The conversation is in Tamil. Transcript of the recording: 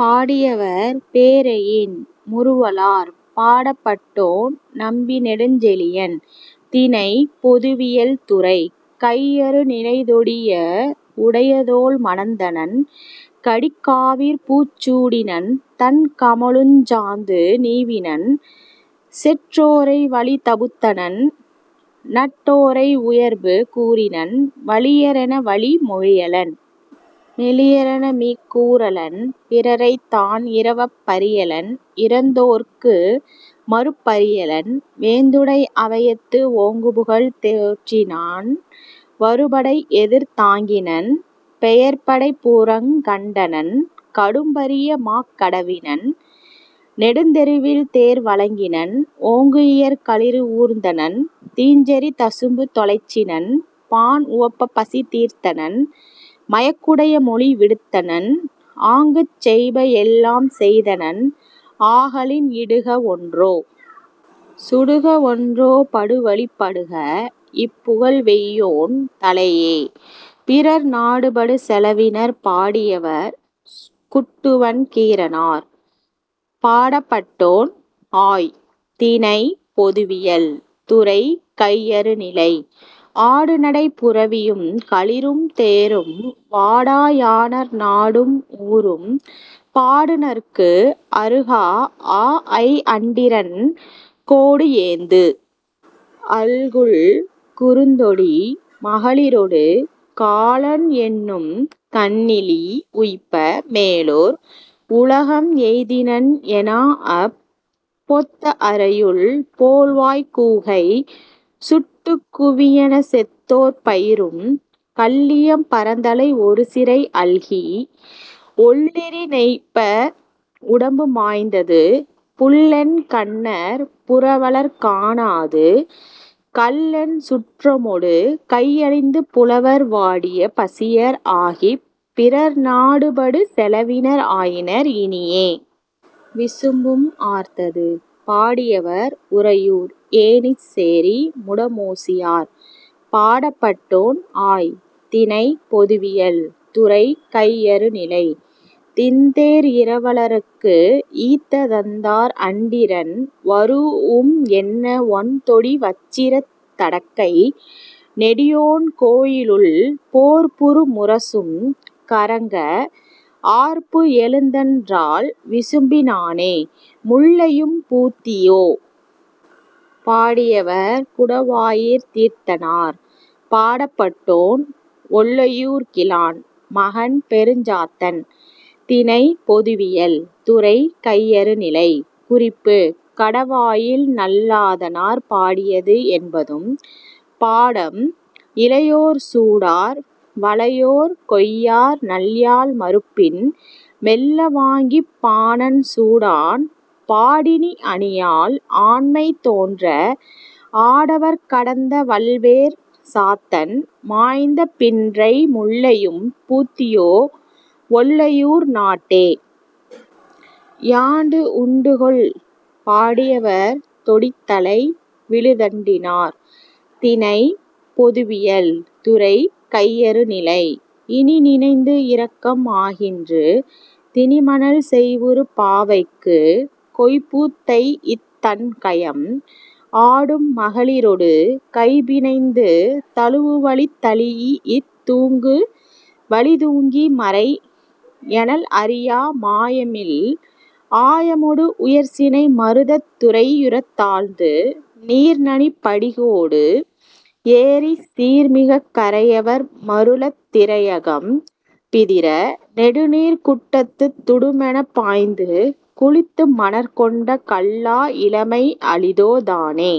பாடியவர்: பேரெயின் முறுவலார். பாடப்பட்டோன்: நம்பி நெடுஞ்செழியன். திணை: பொதுவியல். துறை: கையறுநிலை. தொடி யுடைய தோள் மணந்தணன்; கடி காவிற் பூச் சூடினன்; தண் கமழுஞ் சாந்து நீவினன்; செற் றோரை வழி தபுத்தனன்; நட் டோரை உயர்பு கூறினன்; வலியரென, வழி மொழியலன்; மெலியரென, மீக் கூறலன்; பிறரைத் தான் இரப் பறியலன்; இரந் தோர்க்கு மறுப் பறியலன்; வேந்துடை அவையத்து ஓங்குபுகழ் தோற்றினன்; வருபடை எதிர் தாங்கினன்; பெயர் படை புறங் கண்டனன்; கடும் பரிய மாக் கடவினன்; நெடுந் தெருவில் தேர் வழங்கினன்; ஓங்கு இயற் களிறு ஊர்ந்தனன்; தீஞ் செறி தசும்பு தொலைச்சினன்; பாண் உவப்பப் பசி தீர்த்தனன்; மயக்குடைய மொழி விடுத்தனன்; ஆங்குச் செய்ப எல்லாம் செய்தனன் ஆகலின்- இடுக ஒன்றோ! சுடுக ஒன்றோ! படுவழிப் படுக, இப் புகழ்வெய்யோன் தலையே!. பிறர் நாடுபடு செலவினர்! பாடியவர்: குட்டுவன் கீரனார். பாடப்பட்டோன்: ஆய். திணை: பொதுவியல். துறை: கையறுநிலை. ஆடு நடைப் புரவியும், களிறும், தேரும், வாடா யாணர் நாடும் ஊரும், பாடுநர்க்கு அருகா ஆஅய் அண்டிரன் கோடுஏந்து அல்குல், குறுந்தொடி மகளிரொடு காலன் என்னும் கண்ணிலி உய்ப்ப, மேலோர் உலகம் எய்தினன் எனாஅப், பொத்த அறையுள் போழ்வாய்க் கூகை, 'சுட்டுக் குவி' எனச் செத்தோர்ப் பயிரும் கள்ளியம் பறந்தலை ஒருசிறை அல்கி, ஒள்ளெரி நைப்ப உடம்பு மாய்ந்தது; புல்லென் கண்ணர் புரவலர்க் காணாது, கல்லென் சுற்றமொடு கையழிந்து, புலவர் வாடிய பசியர் ஆகிப், பிறர் நாடுபடு செலவினர் ஆயினர், இனியே.. விசும்பும் ஆர்த்தது! பாடியவர்: உறையூர் ஏணிச்சேரி முடமோசியார். பாடப்பட்டோன்: ஆய். திணை: பொதுவியல். துறை: கையறுநிலை. 'திண்தேர் இரவலர்க்கு, ஈத்த, தண்தார் அண்டிரன் வரூஉம்' என்ன, ஒண்தொடி வச்சிரத் தடக்கை நெடியோன் கோயிலுள், போர்ப்புறு முரசும் கறங்க, ஆர்ப்புஎழுந் தன்றால், விசும்பி னானே.. முல்லையும் பூத்தியோ? பாடியவர்: குடவாயிற் தீரத்தனார். பாடப்பட்டோன்: ஒல்லையூர் கிழான் மகன் பெருஞ்சாத்தன். திணை: பொதுவியல். துறை: கையறுநிலை. குறிப்பு: கடவாயில் நல்லாதனார் பாடியது என்பதும் பாடம். இளையோர் சூடார்; வளையோர் கொய்யார்; நல்யாழ் மருப்பின் மெல்ல வாங்கிப், பாணன் சூடான்; பாடினி அணியாள்; ஆண்மை தோன்ற ஆடவர்க் கடந்த வல்வேற் சாத்தன் மாய்ந்த பின்றை முல்லையும் பூத்தியோ, ஒல்லையூர் நாட்டே?. யாண்டு உண்டுகொல்? பாடியவர்: தொடித்தலை விழுத்தண்டினார் திணை: பொதுவியல் துறை: கையறுநிலை இனிநினைந்து இரக்கம் ஆகின்று; திணிமணல் செய்வுறு பாவைக்கு கொய்பூத் தைஇத், தண்கயம் ஆடும் மகளிரொடு கைபிணைந்து, தழுவுவழித் தழீஇத், தூங்குவழித் தூங்கி, மறைஎனல் அறியா மாயமில் ஆயமொடு உயர்சினை மருதத் துறையுறத் தாழ்ந்து, நீர்நணிப் படிகோடு ஏறிச், சீர்மிகக், கரையவர் மருளத், திரையகம் பிதிர, நெடுநீர்க் குட்டத்துத் துடுமெனப் பாய்ந்து, குளித்துமணற் கொண்ட கல்லா இளமை அளிதோ தானே!